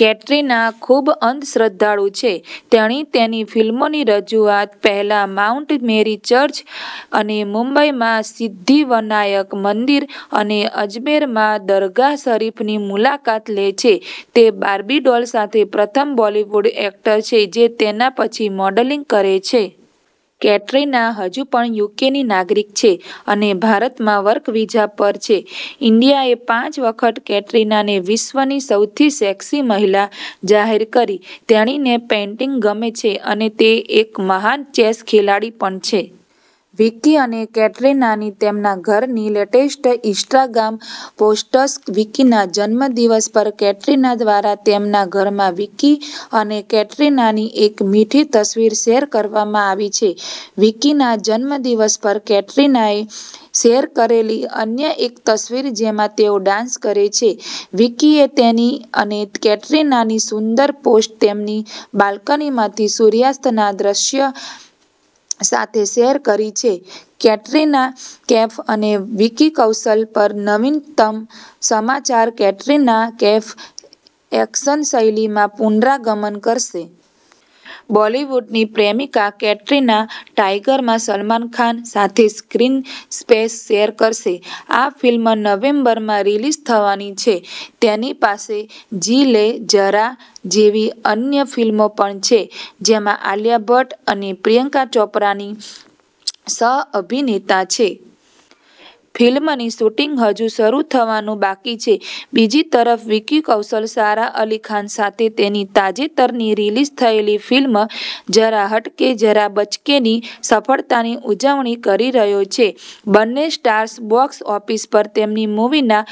કેટરિના ખૂબઅંધશ્રદ્ધાળુ છે. તેણી તેની ફિલ્મોની રજૂઆત પહેલા માઉન્ટ મેરી ચર્ચ અને મુંબઈમાં સિદ્ધિવનાયક મંદિર અને અજમેરમાં દરગાહ શરીફની મુલાકાત લે છે. તે બાર્બી ડોલ સાથે પ્રથમ બોલિવૂડ એક્ટર છે જે તેના પછી મોડલિંગ કરે છે. કેટરિના હજુ પણ યુકેની નાગરિક છે અને ભારતમાં વર્ક વિઝા પર છે. ઈન્ડિયાએ પાંચ વખત કેટરિનાને "વિશ્વની સૌથી સેક્સી મહિલા" જાહેર કરી. તેણીને પેઇન્ટિંગ ગમે છે અને તે એક મહાન ચેસ ખેલાડી પણ છે. વિકી અને કેટરિનાની તેમના ઘરની લેટેસ્ટ ઇન્સ્ટાગ્રામ પોસ્ટ્સ વિકીના જન્મદિવસ પર કેટરિના દ્વારા તેમના ઘરમાં વિકી અને કેટરિનાની એક મીઠી તસવીર શેર કરવામાં આવી છે વિકીના જન્મદિવસ પર કેટરિનાએ શેર કરેલી અન્ય એક તસવીર જેમાં તેઓ ડાન્સ કરે છે વિકીએ તેની અને કેટરિનાનીસુંદર પોસ્ટ તેમની બાલ્કનીમાંથી સૂર્યાસ્તના દૃશ્ય સાથે શેર કરી છે કેટરિના કૈફ અને વિકી કૌશલ પર નવીનતમ સમાચાર કેટરિના કૈફ એક્શન શૈલીમાં પુનરાગમન કરશે. બોલિવૂડની પ્રેમિકા, કેટરિના, ટાઇગર માં સલમાન ખાન સાથે સ્ક્રીન સ્પેસ શેર કરશે. આ ફિલ્મ નવેમ્બરમાં રીલિઝ થવાની છે. તેની પાસે જી લે ઝરા જેવી અન્ય ફિલ્મો પણ છે, જેમાં આલિયા ભટ્ટ અને પ્રિયંકા ચોપરાની સહ-અભિનેતા છે. ફિલ્મનું શૂટિંગ હજુ શરૂ થવાનું બાકી છે. બીજી તરફ, વિકી કૌશલ સારા અલી ખાન સાથે તેની તાજેતરની રિલીઝ થયેલી ફિલ્મ "જરા હટકે જરા બચકે"ની સફળતાની ઉજવણી કરી રહ્યો છે. બંને સ્ટાર્સ બોક્સ ઓફિસ પર તેમની મૂવીના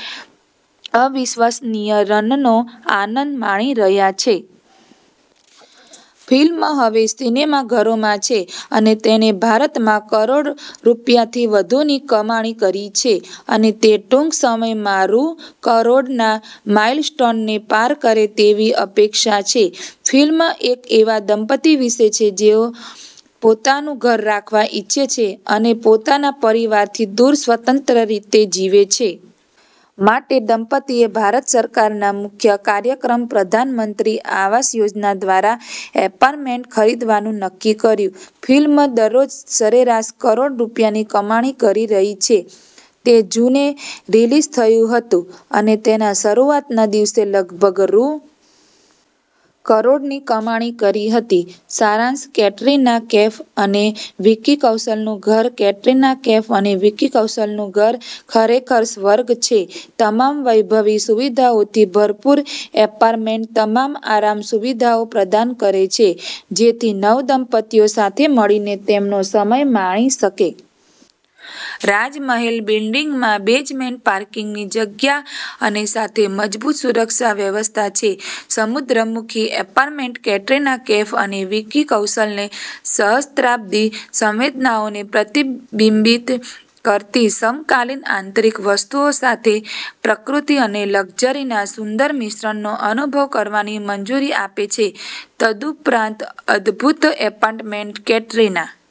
અવિશ્વસનીય રનનો આનંદ માણી રહ્યા છે. ફિલ્મ હવે સિનેમાઘરોમાં છે અને તેણે ભારતમાં કરોડ રૂપિયાથી વધુની કમાણી કરી છે. અને તે ટૂંક સમયમાં રૂ. કરોડના માઈલસ્ટોનને પાર કરે તેવી અપેક્ષા છે. ફિલ્મ એક એવા દંપતી વિશે છે જેઓ પોતાનું ઘર રાખવા ઈચ્છે છે અને પોતાના પરિવારથી દૂર સ્વતંત્ર રીતે જીવે છે. માટે, દંપતિએ ભારત સરકારના મુખ્ય કાર્યક્રમપ્રધાનમંત્રી આવાસ યોજના દ્વારા એપાર્ટમેન્ટ ખરીદવાનું નક્કી કર્યું. ફિલ્મ દરરોજ સરેરાશ કરોડ રૂપિયાની કમાણી કરી રહી છે. તે જૂને રિલીઝ થયું હતું અને તેના શરૂઆતના દિવસે લગભગ રૂ. કરોડની કમાણી કરી હતી. સારાંશકેટરિના કૈફ અને વિકી કૌશલનું ઘર કેટરીના કૈફ અને વિકી કૌશલનું ઘર ખરેખર સ્વર્ગ છે. તમામ વૈભવી સુવિધાઓથી ભરપૂર, એપાર્ટમેન્ટ તમામ આરામ સુવિધાઓ પ્રદાન કરે છે જેથી નવદંપતિઓ સાથે મળીને તેમનો સમય માણી શકે. રાજમહેલ બિલ્ડિંગમાં બેઝમેન્ટ પાર્કિંગની જગ્યા અને સાથે મજબૂત સુરક્ષા વ્યવસ્થા છે. સમુદ્ર-મુખી એપાર્ટમેન્ટ કેટરિના કૈફ અને વિકી કૌશલને સહસ્ત્રાબ્દી સંવેદનાઓને પ્રતિબિંબિત કરતી સમકાલીન આંતરિક વસ્તુઓ સાથે પ્રકૃતિ અને લક્ઝરીના સુંદર મિશ્રણનો અનુભવ કરવાની મંજૂરી આપે છે. તદુપરાંત, અદભૂત એપાર્ટમેન્ટ કેટરિના